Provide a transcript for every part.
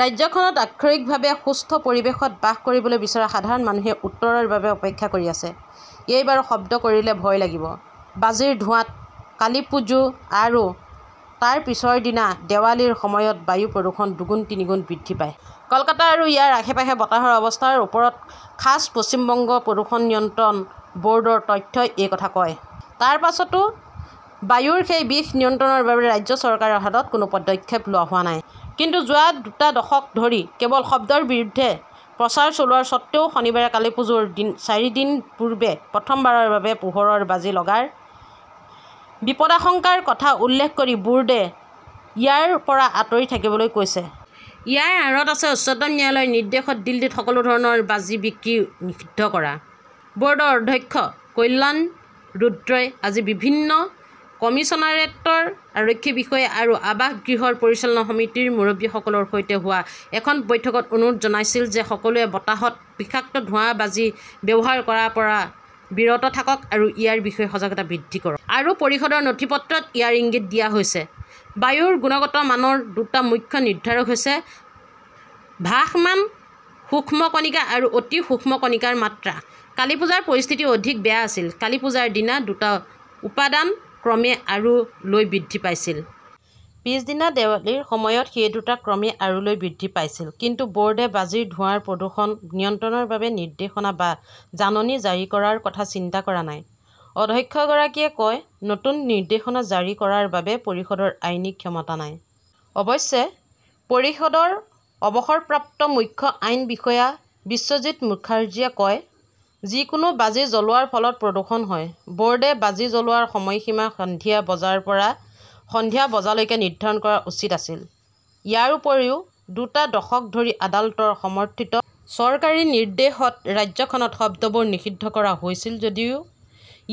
ৰাজ্যখনত আক্ষৰিকভাৱে সুস্থ পৰিৱেশত বাস কৰিবলৈ বিচৰা সাধাৰণ মানুহে উত্তৰৰ বাবে অপেক্ষা কৰি আছে। এইবাৰো শব্দ কৰিলে ভয় লাগিব। বাজিৰ ধোঁৱাত কালিপ্পুজো আৰু তাৰ পিছৰ দিনা দেৱালীৰ সময়ত বায়ু প্ৰদূষণ দুগুণ-তিনিগুণ বৃদ্ধি পায়। কলকাতা আৰু ইয়াৰ আশে-পাশে বতাহৰ অৱস্থাৰ ওপৰত খাছ পশ্চিম বংগ প্ৰদূষণ নিয়ন্ত্ৰণ বৰ্ডৰ তথ্যই এই কথা কয়। তাৰ পাছতো বায়ুৰ সেই বিষ নিয়ন্ত্ৰণৰ বাবে ৰাজ্য চৰকাৰৰ হাতত কোনো পদক্ষেপ লোৱা হোৱা নাই। কিন্তু যোৱা দুটা দশক ধৰি কেৱল শব্দৰ বিৰুদ্ধে প্ৰচাৰ চলোৱাৰ স্বত্ত্বেও শনিবাৰে কালীপুজোৰ দিন চাৰিদিন পূৰ্বে প্ৰথমবাৰৰ বাবে পোহৰৰ বাজি লগাৰ বিপদাশংকাৰ কথা উল্লেখ কৰি বোৰ্ডে ইয়াৰ পৰা আঁতৰি থাকিবলৈ কৈছে। ইয়াৰ আঁৰত আছে উচ্চতম ন্যায়ালয়ৰ নিৰ্দেশত দিল্লীত সকলো ধৰণৰ বাজি বিক্ৰী নিষিদ্ধ কৰা। বৰ্ডৰ অধ্যক্ষ কল্যাণ ৰুদ্ৰই আজি বিভিন্ন কমিচনাৰেটৰ আৰক্ষী বিষয়া আৰু আৱাসগৃহৰ পৰিচালনা সমিতিৰ মুৰব্বীসকলৰ সৈতে হোৱা এখন বৈঠকত অনুৰোধ জনাইছিল যে সকলোৱে বতাহত বিষাক্ত ধোৱা বাজি ব্যৱহাৰ কৰাৰ পৰা বিৰত থাকক আৰু ইয়াৰ বিষয়ে সজাগতা বৃদ্ধি কৰক। আৰু পৰিষদৰ নথিপত্ৰত ইয়াৰ ইংগিত দিয়া হৈছে। বায়ুৰ গুণগত মানৰ দুটা মুখ্য নিৰ্ধাৰক হৈছে ভাসমান সূক্ষ্ম কণিকা আৰু অতি সূক্ষ্ম কণিকা ৰ মাত্ৰা। কালীপূজা ৰ পৰিস্থিতি অধিক বেয়া আছিল। কালীপূজা ৰ দিনা দুটা উপাদান ক্ৰমে আৰু লৈ বৃদ্ধি পাইছিল। পিছদিনা দেৱালীৰ সময়ত সেই দুটা ক্ৰমে আৰু লৈ বৃদ্ধি পাইছিল। কিন্তু বৰ্ডে বাজিৰ ধোঁৱাৰ প্ৰদূষণ নিয়ন্ত্ৰণৰ বাবে নিৰ্দেশনা বা জাননী জাৰি কৰাৰ কথা চিন্তা কৰা নাই। অধ্যক্ষগৰাকীয়ে কয়, নতুন নিৰ্দেশনা জাৰি কৰাৰ বাবে পৰিষদৰ আইনী ক্ষমতা নাই। অৱশ্যে, পৰিষদৰ অৱসৰপ্ৰাপ্ত মুখ্য আইন বিষয়া বিশ্বজিত মুখাৰ্জীয়ে কয়, যিকোনো বাজি জ্বলোৱাৰ ফলত প্ৰদূষণ হয়। বৰ্ডে বাজি জ্বলোৱাৰ সময়সীমা সন্ধিয়া বজাৰ পৰা সন্ধিয়া বজালৈকে নিৰ্ধাৰণ কৰা উচিত আছিল। ইয়াৰ উপৰিও, দুটা দশক ধৰি আদালতৰ সমৰ্থিত চৰকাৰী নিৰ্দেশত ৰাজ্যখনত শব্দবোৰ নিষিদ্ধ কৰা হৈছিল যদিও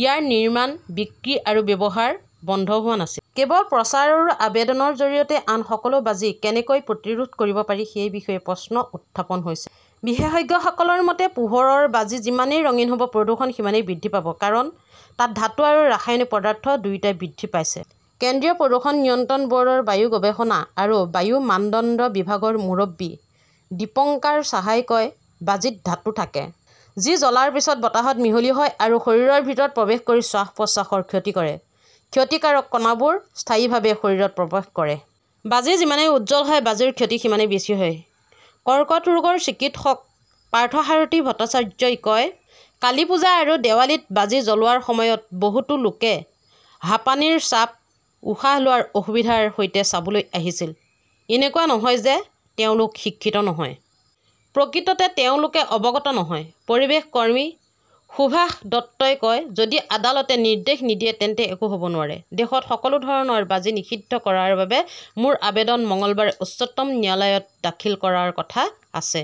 ইয়াৰ নিৰ্মাণ, বিক্ৰী আৰু ব্যৱহাৰ বন্ধ হোৱা নাছিল। কেৱল প্ৰচাৰ আৰু আবেদনৰ জৰিয়তে আন সকলো বাজি কেনেকৈ প্ৰতিৰোধ কৰিব পাৰি সেই বিষয়ে প্ৰশ্ন উত্থাপন হৈছে। বিশেষজ্ঞসকলৰ মতে, পোহৰৰ বাজি যিমানেই ৰঙীন হব, প্ৰদূষণ সিমানেই বৃদ্ধি পাব। কাৰণ, তাত ধাতু আৰু ৰাসায়নিক পদাৰ্থ দুয়োটাই বৃদ্ধি পাইছে। কেন্দ্ৰীয় প্ৰদূষণ নিয়ন্ত্ৰণ বৰ্ডৰ বায়ু গৱেষণা আৰু বায়ু মানদণ্ড বিভাগৰ মুৰব্বী দীপঙ্কাৰ সাহাই কয়, বাজীত ধাতু থাকে। যি জ্বলাৰ পিছত বতাহত মিহলি হয় আৰু শৰীৰৰ ভিতৰত প্ৰৱেশ কৰি শ্বাস-প্ৰশ্বাসৰ ক্ষতি কৰে। ক্ষতিকাৰক কণাবোৰ স্থায়ীভাৱে শৰীৰত প্ৰৱেশ কৰে। বাজি যিমানেই উজ্জ্বল হয়, বাজিৰ ক্ষতি সিমানেই বেছি হয়। কৰ্কট ৰোগৰ চিকিৎসক পাৰ্থসাৰথী ভট্টাচাৰ্যই কয়, কালীপূজা আৰু দেৱালীত বাজি জ্বলোৱাৰ সময়ত বহুতো লোকে হাঁপানীৰ চাপ, উশাহ লোৱাৰ অসুবিধাৰ সৈতে চাবলৈ আহিছিল। এনেকুৱা নহয় যে তেওঁলোক শিক্ষিত নহয়। প্ৰকৃততে তেওঁলোকে অৱগত নহয়। পৰিৱেশ কৰ্মী সুভাষ দত্তই কয়, যদি আদালতে নিৰ্দেশ নিদিয়ে তেন্তে একো হব নোৱাৰে। দেশত সকলো ধৰণৰ বাজি নিষিদ্ধ কৰাৰ বাবে মোৰ আবেদন মঙলবাৰে উচ্চতম ন্যায়ালয়ত দাখিল কৰাৰ কথা আছে।